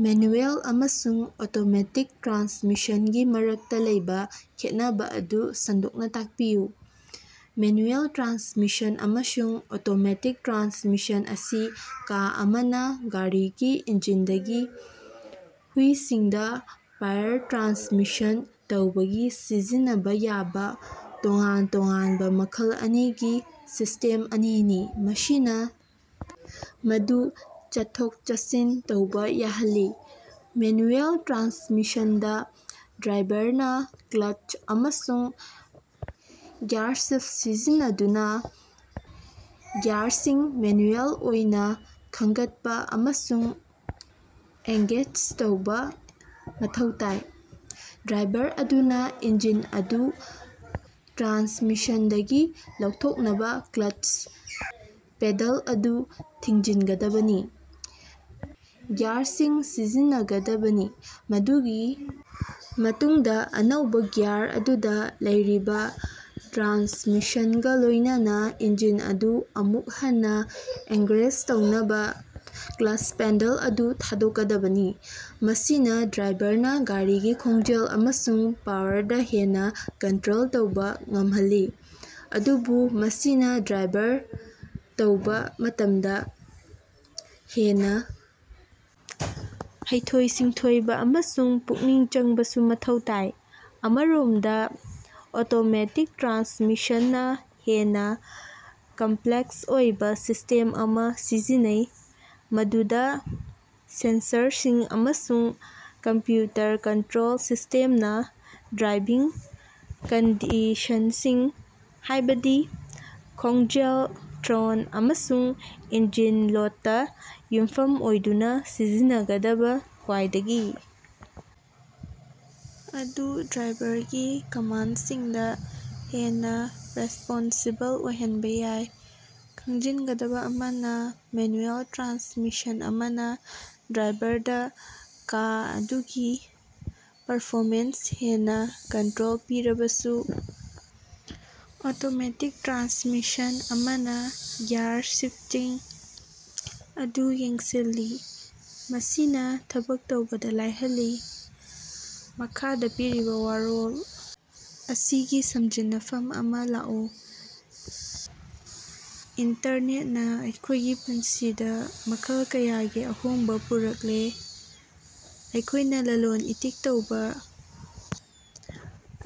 Manual ꯑꯃꯁꯨꯡ automatic ꯇ꯭ꯔꯥꯟꯁꯃꯤꯁꯟꯒꯤ ꯃꯔꯛꯇ ꯂꯩꯕ ꯈꯦꯠꯅꯕ ꯑꯗꯨ ꯁꯟꯗꯣꯛꯅ ꯇꯥꯛꯄꯤꯌꯨ꯫ ꯃꯦꯅꯨꯑꯦꯜ ꯇ꯭ꯔꯥꯟꯁꯃꯤꯁꯟ ꯑꯃꯁꯨꯡ ꯑꯣꯇꯣꯃꯦꯇꯤꯛ ꯇ꯭ꯔꯥꯟꯁꯃꯤꯁꯟ ꯑꯁꯤ ꯀꯥ ꯑꯃꯅꯥ ꯒꯥꯔꯤꯒꯤ ꯏꯟꯖꯤꯟꯗꯒꯤ ꯍꯨꯏꯁꯤꯡꯗ ꯄꯥꯋꯔ ꯇ꯭ꯔꯥꯟꯁꯃꯤꯠ ꯇꯧꯕꯗ ꯁꯤꯖꯤꯟꯅꯕ ꯌꯥꯕꯥ ꯇꯣꯉꯥꯟ ꯇꯣꯉꯥꯟꯕꯥ ꯃꯈꯜ ꯑꯅꯤꯒꯤ ꯁꯤꯁ꯭ꯇꯦꯝ ꯑꯅꯤꯅꯤ, ꯃꯁꯤꯅ ꯃꯗꯨ ꯆꯠꯊꯣꯛ-ꯆꯠꯁꯤꯟ ꯇꯧꯕꯥ ꯌꯥꯍꯜꯂꯤ꯫ ꯃꯦꯅꯨꯑꯦꯜ ꯇ꯭ꯔꯥꯟꯁꯃꯤꯁꯟꯁꯤꯡꯗ ꯗ꯭ꯔꯥꯏꯚꯔꯅ ꯀ꯭ꯂꯆ ꯑꯃꯁꯨꯡ ꯒꯤꯌꯥꯔꯁꯤꯐꯠ ꯁꯤꯖꯤꯟꯅꯗꯨꯅ ꯒꯤꯌꯥꯔꯁꯤꯡ ꯃꯦꯅꯨꯑꯦꯜ ꯑꯣꯏꯅ ꯈꯟꯒꯠꯄꯥ ꯑꯃꯁꯨꯡ ꯑꯦꯡꯒꯦꯖ ꯇꯧꯕ ꯃꯊꯧ ꯇꯥꯏ꯫ ꯗ꯭ꯔꯥꯏꯚꯔ ꯑꯗꯨꯅ ꯏꯟꯖꯤꯟ ꯑꯗꯨ ꯇ꯭ꯔꯥꯟꯁꯃꯤꯁꯟꯗꯒꯤ ꯂꯧꯊꯣꯛꯅꯕ ꯀ꯭ꯂꯆ ꯄꯦꯗꯜ ꯑꯗꯨ ꯊꯤꯡꯖꯤꯟꯒꯗꯕꯅꯤ, ꯒꯤꯌꯥꯔꯁꯤꯡ ꯁꯤꯖꯤꯟꯅꯒꯗꯕꯅꯤ, ꯃꯗꯨꯒꯤ ꯃꯇꯨꯡꯗ ꯑꯅꯧꯕ ꯒꯤꯌꯥꯔ ꯑꯗꯨꯗ ꯂꯩꯔꯤꯕꯥ ꯇ꯭ꯔꯥꯟꯁꯃꯤꯁꯟꯒ ꯂꯣꯏꯅꯅꯥ ꯏꯟꯖꯤꯟ ꯑꯗꯨ ꯑꯃꯨꯛ ꯍꯟꯅ ꯑꯦꯡꯒꯦꯖ ꯇꯧꯅꯕ ꯀ꯭ꯂꯆ ꯄꯦꯗꯜ ꯑꯗꯨ ꯊꯥꯗꯣꯛꯀꯗꯕꯅꯤ꯫ ꯃꯁꯤꯅ ꯗ꯭ꯔꯥꯏꯚꯔꯅ ꯒꯥꯔꯤꯒꯤ ꯈꯣꯡꯖꯦꯜ ꯑꯃꯁꯨꯡ ꯄꯥꯋꯔꯗ ꯍꯦꯟꯅ ꯀꯟꯇꯔꯣꯜ ꯇꯧꯕ ꯉꯝꯍꯜꯂꯤ, ꯑꯗꯨꯕꯨ ꯃꯁꯤꯅ ꯗ꯭ꯔꯥꯏꯚꯔ ꯇꯧꯕ ꯃꯇꯝꯗꯥ ꯍꯦꯟꯅ ꯍꯩꯊꯣꯏ-ꯁꯤꯡꯊꯣꯏꯕ ꯑꯃꯁꯨꯡ ꯄꯨꯛꯅꯤꯡ ꯆꯪꯕꯁꯨ ꯃꯊꯧ ꯇꯥꯏ꯫ ꯑꯃꯔꯣꯝꯗꯥ, ꯑꯣꯇꯣꯃꯦꯇꯤꯛ ꯇ꯭ꯔꯥꯟꯁꯃꯤꯁꯟꯁꯤꯡꯅꯥ ꯍꯦꯟꯅ ꯀꯝꯄꯂꯦꯛꯁ ꯑꯣꯏꯕ ꯁꯤꯁ꯭ꯇꯦꯝ ꯑꯃꯥ ꯁꯤꯖꯤꯟꯅꯩ ꯃꯗꯨꯗ ꯁꯦꯟꯁꯔꯁꯤꯡ ꯑꯃꯁꯨꯡ ꯀꯝꯄꯌꯨꯇꯔ ꯀꯟꯇꯔꯣꯜ ꯁꯤꯁ꯭ꯇꯦꯝꯅꯥ ꯗ꯭ꯔꯥꯏꯚꯤꯡ ꯀꯟꯗꯤꯁꯟꯁꯤꯡ, ꯍꯥꯏꯕꯗꯤ ꯈꯣꯡꯖꯦꯜ, ꯊ꯭ꯔꯣꯠ ꯑꯃꯁꯨꯡ ꯏꯟꯖꯤꯟ ꯂꯣꯗꯇꯥ ꯌꯨꯝꯐꯝ ꯑꯣꯏꯗꯨꯅ ꯁꯤꯖꯤꯟꯅꯒꯗꯕ ꯈ꯭ꯋꯥꯏꯗꯒꯤ ꯑꯗꯨ ꯗ꯭ꯔꯥꯏꯚꯔꯒꯤ ꯀꯃꯥꯟꯗꯁꯤꯡꯗ ꯍꯦꯟꯅ ꯔꯦꯁ꯭ꯄꯣꯟꯁꯤꯕꯜ ꯑꯣꯏꯍꯟꯕ ꯌꯥꯏ꯫ ꯈꯪꯖꯤꯟꯒꯗꯕꯥ ꯑꯃꯅꯥ, ꯃꯦꯅꯨꯑꯦꯜ ꯇ꯭ꯔꯥꯟꯁꯃꯤꯁꯟ ꯑꯃꯅꯥ ꯗ꯭ꯔꯥꯏꯚꯔꯗꯥ ꯀꯥ ꯑꯗꯨꯒꯤ ꯄꯔꯐꯣꯃꯦꯟꯁꯇꯥ ꯍꯦꯟꯅꯥ ꯀꯟꯇꯔꯣꯜ ꯄꯤꯔꯕꯁꯨ, ꯑꯣꯇꯣꯃꯦꯇꯤꯛ ꯇ꯭ꯔꯥꯟꯁꯃꯤꯁꯟ ꯑꯃꯅꯥ ꯒꯤꯌꯔ ꯁꯤꯐꯇꯤꯡ ꯑꯗꯨ ꯌꯦꯡꯁꯤꯜꯂꯤ, ꯃꯁꯤꯅꯥ ꯊꯕꯛ ꯇꯧꯕꯗ ꯂꯥꯏꯍꯜꯂꯤ꯫ ꯃꯈꯥꯗꯥ ꯄꯤꯔꯤꯕ ꯋꯥꯔꯣꯜ ꯑꯁꯤꯒꯤ ꯁꯃꯖꯤꯟꯅꯐꯝ ꯑꯃꯥ ꯂꯥꯛꯎ꯫ ꯏꯟꯇꯔꯅꯦꯇꯅ ꯑꯩꯈꯣꯏꯒꯤ ꯄꯨꯟꯁꯤꯗꯥ ꯃꯈꯜ ꯀꯌꯥꯒꯤ ꯑꯍꯣꯡꯕ ꯄꯨꯔꯛꯂꯦ, ꯑꯩꯈꯣꯏꯅ ꯂꯂꯣꯟ-ꯏꯇꯤꯛ ꯇꯧꯕ,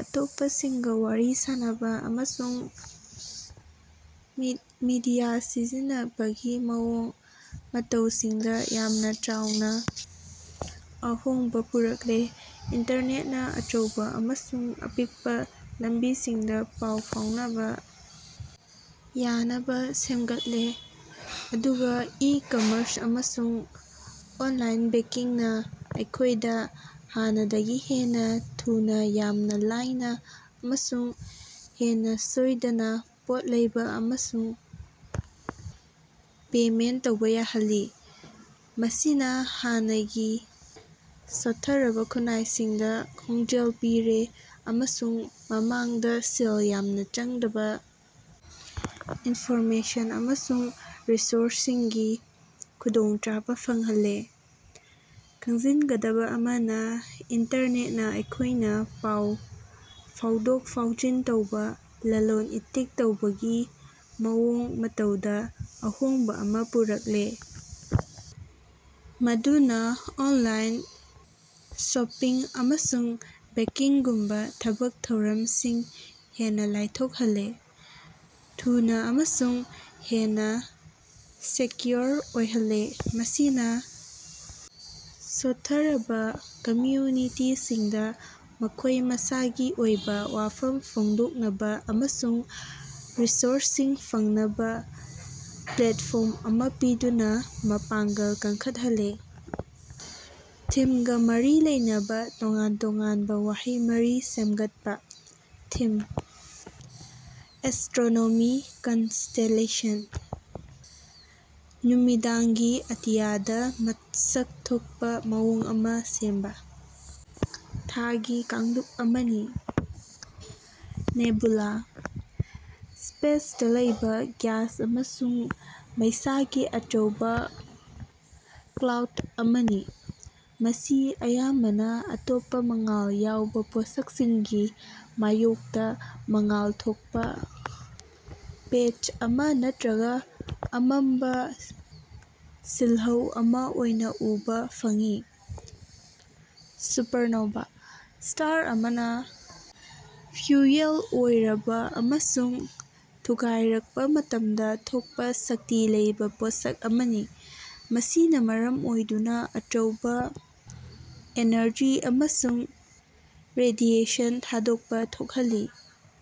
ꯑꯇꯣꯞꯄꯁꯤꯡꯒ ꯋꯥꯔꯤ ꯁꯥꯅꯕ ꯑꯃꯁꯨꯡ ꯃꯤꯗꯤꯌꯥ ꯁꯤꯖꯤꯟꯅꯕꯒꯤ ꯃꯑꯣꯡ ꯃꯇꯧꯁꯤꯡꯗ ꯌꯥꯝꯅ ꯆꯥꯎꯅ ꯑꯍꯣꯡꯕ ꯄꯨꯔꯛꯂꯦ꯫ ꯏꯟꯇꯔꯅꯦꯠꯅ ꯑꯆꯧꯕ ꯑꯃꯁꯨꯡ ꯑꯄꯤꯛꯄꯥ ꯂꯝꯕꯤꯁꯤꯡꯗ ꯄꯥꯎ ꯐꯥꯎꯅꯕ ꯌꯥꯅꯕ ꯁꯦꯝꯒꯠꯂꯦ, ꯑꯗꯨꯒ ꯏ-ꯀꯝꯃꯔꯁ ꯑꯃꯁꯨꯡ ꯑꯣꯟꯂꯥꯏꯟ ꯕꯦꯡꯀꯤꯡꯅꯥ ꯑꯩꯈꯣꯏꯗꯥ ꯍꯥꯟꯅꯗꯒꯤ ꯍꯦꯟꯅ ꯊꯨꯅꯥ, ꯌꯥꯝꯅ ꯂꯥꯏꯅ ꯑꯃꯁꯨꯡ ꯍꯦꯟꯅ ꯁꯣꯏꯗꯅ ꯄꯣꯠ ꯂꯩꯕꯥ ꯑꯃꯁꯨꯡ ꯄꯦꯃꯦꯟꯇ ꯇꯧꯕꯥ ꯌꯥꯍꯜꯂꯤ꯫ ꯃꯁꯤꯅ ꯍꯥꯟꯅꯒꯤ ꯁꯣꯠꯊꯔꯕ ꯈꯨꯟꯅꯥꯏꯁꯤꯡꯗ ꯈꯣꯟꯖꯦꯜ ꯄꯤꯔꯦ ꯑꯃꯁꯨꯡ ꯃꯃꯥꯡꯗ ꯁꯦꯜ ꯌꯥꯝꯅ ꯆꯪꯗꯕ ꯏꯟꯐꯣꯔꯃꯦꯁꯟ ꯑꯃꯁꯨꯡ ꯔꯤꯁꯣꯔꯁꯁꯤꯡꯒꯤ ꯈꯨꯗꯣꯡꯆꯥꯕ ꯐꯪꯍꯜꯂꯦ꯫ ꯈꯪꯖꯤꯟꯒꯗꯕ ꯑꯃꯅ, ꯏꯟꯇꯔꯅꯦꯠꯅꯥ ꯑꯩꯈꯣꯏꯅ ꯄꯥꯎ ꯐꯥꯎꯗꯣꯛ-ꯐꯥꯎꯖꯤꯟ ꯇꯧꯕ, ꯂꯂꯣꯟ-ꯏꯇꯤꯛ ꯇꯧꯕꯒꯤ ꯃꯑꯣꯡ-ꯃꯇꯧꯗ ꯑꯍꯣꯡꯕ ꯑꯃꯥ ꯄꯨꯔꯛꯂꯦ, ꯃꯗꯨꯅ ꯑꯣꯟꯂꯥꯏꯟ ꯁꯣꯄꯤꯡ ꯑꯃꯁꯨꯡ ꯕꯦꯡꯀꯤꯡꯒꯨꯝꯕ ꯊꯕꯛ ꯊꯧꯔꯝꯁꯤꯡ ꯍꯦꯟꯅ ꯂꯥꯏꯊꯣꯛꯍꯜꯂꯦ, ꯊꯨꯅꯥ ꯑꯃꯁꯨꯡ ꯍꯦꯟꯅ ꯁꯦꯀꯌꯨꯑꯣꯔ ꯑꯣꯏꯍꯜꯂꯦ꯫ ꯃꯁꯤꯅ ꯁꯣꯠꯊꯔꯕꯥ ꯀꯃꯌꯨꯅꯤꯇꯤꯁꯤꯡꯗ ꯃꯈꯣꯏ ꯃꯁꯥꯒꯤ ꯑꯣꯏꯕ ꯋꯥꯐꯝ ꯐꯣꯡꯗꯣꯛꯅꯕ ꯑꯃꯁꯨꯡ ꯔꯤꯁꯣꯔꯁꯁꯤꯡ ꯐꯪꯅꯕ ꯄ꯭ꯂꯦꯠꯐꯣꯔꯝ ꯑꯃꯥ ꯄꯤꯗꯨꯅ ꯃꯄꯥꯉꯡꯒꯜ ꯀꯟꯈꯠꯍꯜꯂꯦ꯫ ꯊꯤꯝꯒ ꯃꯔꯤ ꯂꯩꯅꯕ ꯇꯣꯉꯥꯟ ꯇꯣꯉꯥꯟꯕꯥ ꯋꯥꯍꯩ ꯃꯔꯤ ꯁꯦꯝꯒꯠꯄꯥ꯫ ꯊꯤꯝ: ꯑꯦꯁ꯭ꯇꯔꯣꯅꯣꯃꯤ ꯀꯟꯁꯇꯦꯂꯦꯁꯟ: ꯅꯨꯃꯤꯗꯥꯡꯒꯤ ꯑꯇꯤꯌꯥꯗꯥ ꯃꯁꯛ ꯊꯣꯛꯄꯥ ꯃꯑꯣꯡ ꯑꯃꯥ ꯁꯦꯝꯕꯥ ꯊꯥꯒꯤ ꯀꯥꯡꯂꯨꯞ ꯑꯃꯅꯤ꯫ ꯅꯦꯕꯨꯂꯥ: ꯁ꯭ꯄꯦꯁꯇꯥ ꯂꯩꯕꯥ ꯒ꯭ꯌꯥꯁ ꯑꯃꯁꯨꯡ ꯃꯩꯁꯥꯒꯤ ꯑꯆꯧꯕ ꯀ꯭ꯂꯥꯎꯗ ꯑꯃꯅꯤ, ꯃꯁꯤ ꯑꯌꯥꯝꯕꯅ ꯑꯇꯣꯞꯄ ꯃꯉꯥꯜ ꯌꯥꯎꯕ ꯄꯣꯠꯁꯛꯁꯤꯡꯒꯤ ꯃꯥꯌꯣꯛꯇ ꯃꯉꯥꯜ ꯊꯣꯛꯄ ꯄꯦꯆ ꯑꯃꯥ ꯅꯠꯇꯔꯒ ꯑꯃꯝꯕ ꯁꯤꯜꯍꯧ ꯑꯃ ꯑꯣꯏꯅ ꯎꯕꯥ ꯐꯪꯏ꯫ ꯁꯨꯄꯔꯅꯣꯚꯥ: ꯁ꯭ꯇꯥꯔ ꯑꯃꯅ ꯐ꯭ꯌꯨꯑꯦꯜ ꯂꯣꯏꯔꯕ ꯑꯃꯁꯨꯡ ꯊꯨꯒꯥꯏꯔꯛꯄꯥ ꯃꯇꯝꯗ ꯊꯣꯛꯄꯥ ꯁꯛꯇꯤ ꯂꯩꯕꯥ ꯄꯣꯠꯁꯛ ꯑꯃꯅꯤ, ꯃꯁꯤꯅ ꯃꯔꯝ ꯑꯣꯏꯗꯨꯅ ꯑꯆꯧꯕ ꯑꯦꯅꯔꯖꯤ ꯑꯃꯁꯨꯡ ꯔꯦꯗꯤꯑꯦꯁꯟ ꯊꯥꯗꯣꯛꯄꯥ ꯊꯣꯛꯍꯜꯂꯤ꯫